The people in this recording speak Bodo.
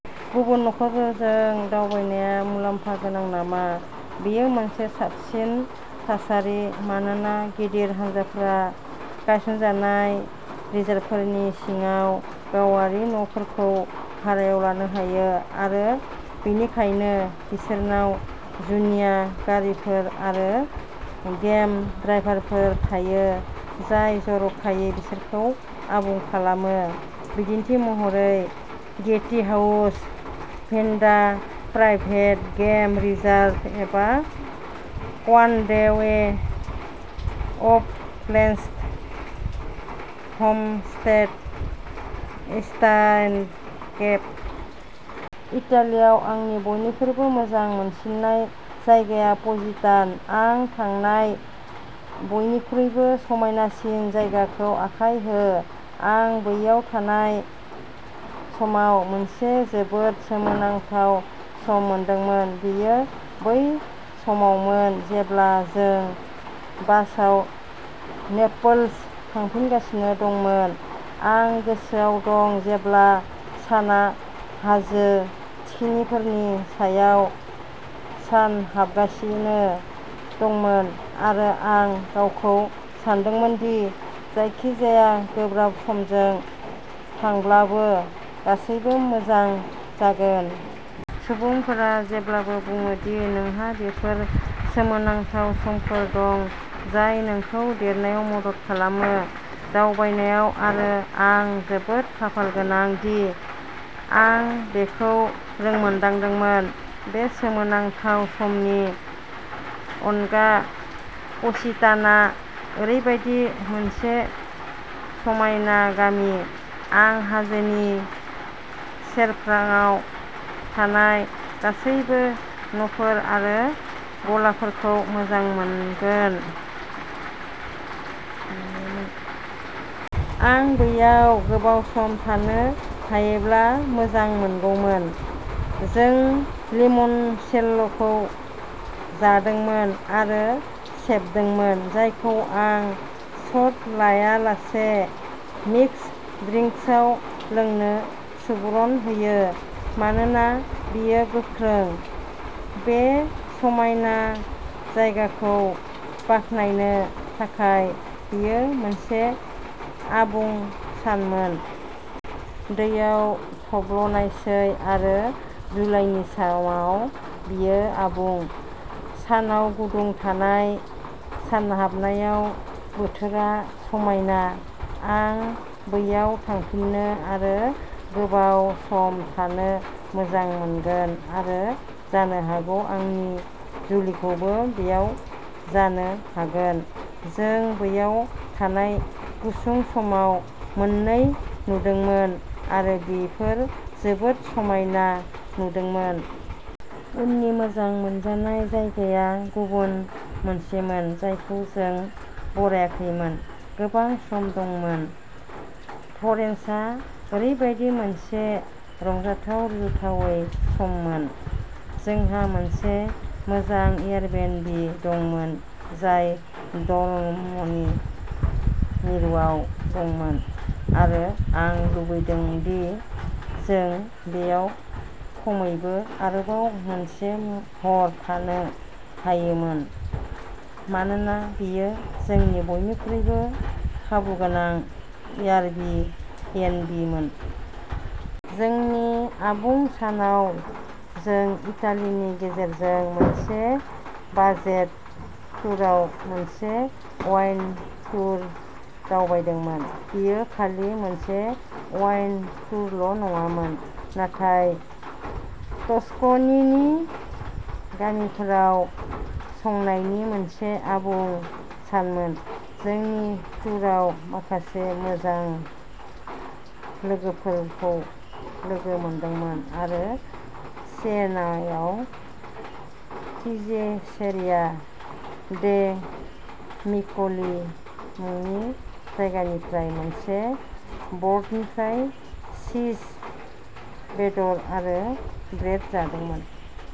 गुबुन नखरफोरजों दावबायनाया मुलाम्फा गोनां नामा? बेयो मोनसे साबसिन थासारि मानोना गिदिर हानजाफोरा गायसनजानाय रिजार्भफोरनि सिङाव गावारि न'फोरखौ भारायाव लानो हायो आरो बेनिखायनो बिसोरनाव जुनिया गारिफोर आरो गेम ड्राइभफोर थायो, जाय जर'खायै बिसोरखौ आबुं खालामो, बिदिन्थि महरै, गेटि house, Phinda private game reserve एबा Kwandwe Uplands Homestead, Eastern Cape. इटालियाव आंनि बयनिख्रुइबो मोजां मोनसिननाय जायगाया पजिटान'। आं थांनाय बयनिख्रुइबो समायनासिन जायगाखौ आखाइ हो। आं बैयाव थानाय समाव मोनसे जोबोद सोमोनांथाव सम मोनदोंमोन। बेयो बै समावमोन जेब्ला जों बासआव नेपल्स थांफिनगासिनो दंमोन। आं गोसोआव दं जेब्ला सानआ हाजो थिखिनिफोरनि सायाव सानहाबगासिनो दंमोन आरो आं गावखौ सानदोंमोन दि जायखिजाया गोब्राब समजों थांब्लाबो गासैबो मोजां जागोन। सुबुंफोरा जेब्लाबो बुङो दि नोंहा बेफोर सोमोनांथाव समफोर दं जाय नोंखौ देरनायाव मदद खालामो। दावबायनायाव आरो आं जोबोद खाफालगोनां दि आं बेखौ रोंमोन्दांदोंमोन। बे सोमोनांथाव समनि अनगा प'सितान'आ ओरैबायदि मोनसे समायना गामि। आं हाजोनि सेरफाङाव थानाय गासैबो न'फोर आरो गलाफोरखौ मोजां मोनोमोन। आं बैयाव गोबाव सम थानो हायोब्ला मोजांमोनगौमोन। जों लिमनसेल'खौ जादोंमोन आरो सेबदोंमोन, जायखौ आं शट लायालासे मिक्स ड्रिंक्सआव लोंनो सुबुरुन होयो मानोना बेयो गोख्रों। बे समायना जायगाखौ बाख्नायनो थाखाय बेयो मोनसे आबुं सानमोन। दैआव थब्लनायसै आरो जुलाइनि समाव बेयो आबुं। सानाव गुदुं नाथाय सानहाबनायाव बोथोरा समायना। आं बैयाव थांफिननो आरो गोबाव सम थानो मोजां मोनगोन आरो जानो हागौ आंनि जुलिखौबो बैयाव जानो हागोन। जों बैयाव थानाय गुसुं समाव मोननै नुदोंमोन आरो बेफोर जोबोद समायना नुदोंमोन। उननि मोजां मोनजानाय जायगाया गुबुन मोनसेमोन जायखौ जों बाराखैमोन। गोबां सम दंमोन। फ्लरेन्सआ ओरैबायदि मोनसे रंजाथाव, रुजुजायै सममोन। जोंहा मोनसे मोजां एयारबिएनबि दंमोन जाय डर्म'नि मिरुआव दंमोन आरो आं लुबैदों दि जों बैयाव खमैबो आरोबाव मोनसे हर थानो हायोमोन मानोना बेयो जोंनि बयनिख्रुइबो खाबुगोनां एयारबिएनबिमोन। जोंनि आबुं सानाव जों इटालिनि गेजेरजों मोनसे बाजेट टुरआव मोनसे वाइन टुर दावबायदोंमोन। बेयो खालि मोनसे वाइन टुरल'नङामोन, नाथाय टस्कनीनि गामिफोरखौ संनायनि मोनसे आबुं सानमोन। जोंनि टुरआव माखासे मोजां लोगोफोरखौ लोगो मोनदोंमोन आरो सियेनायाव पिजिचेरिया डे मिक'ली मुंनि जायगानिफ्राय मोनसे बर्डनिफ्राय चीज, बेदर आरो ब्रेड जादोंमोन।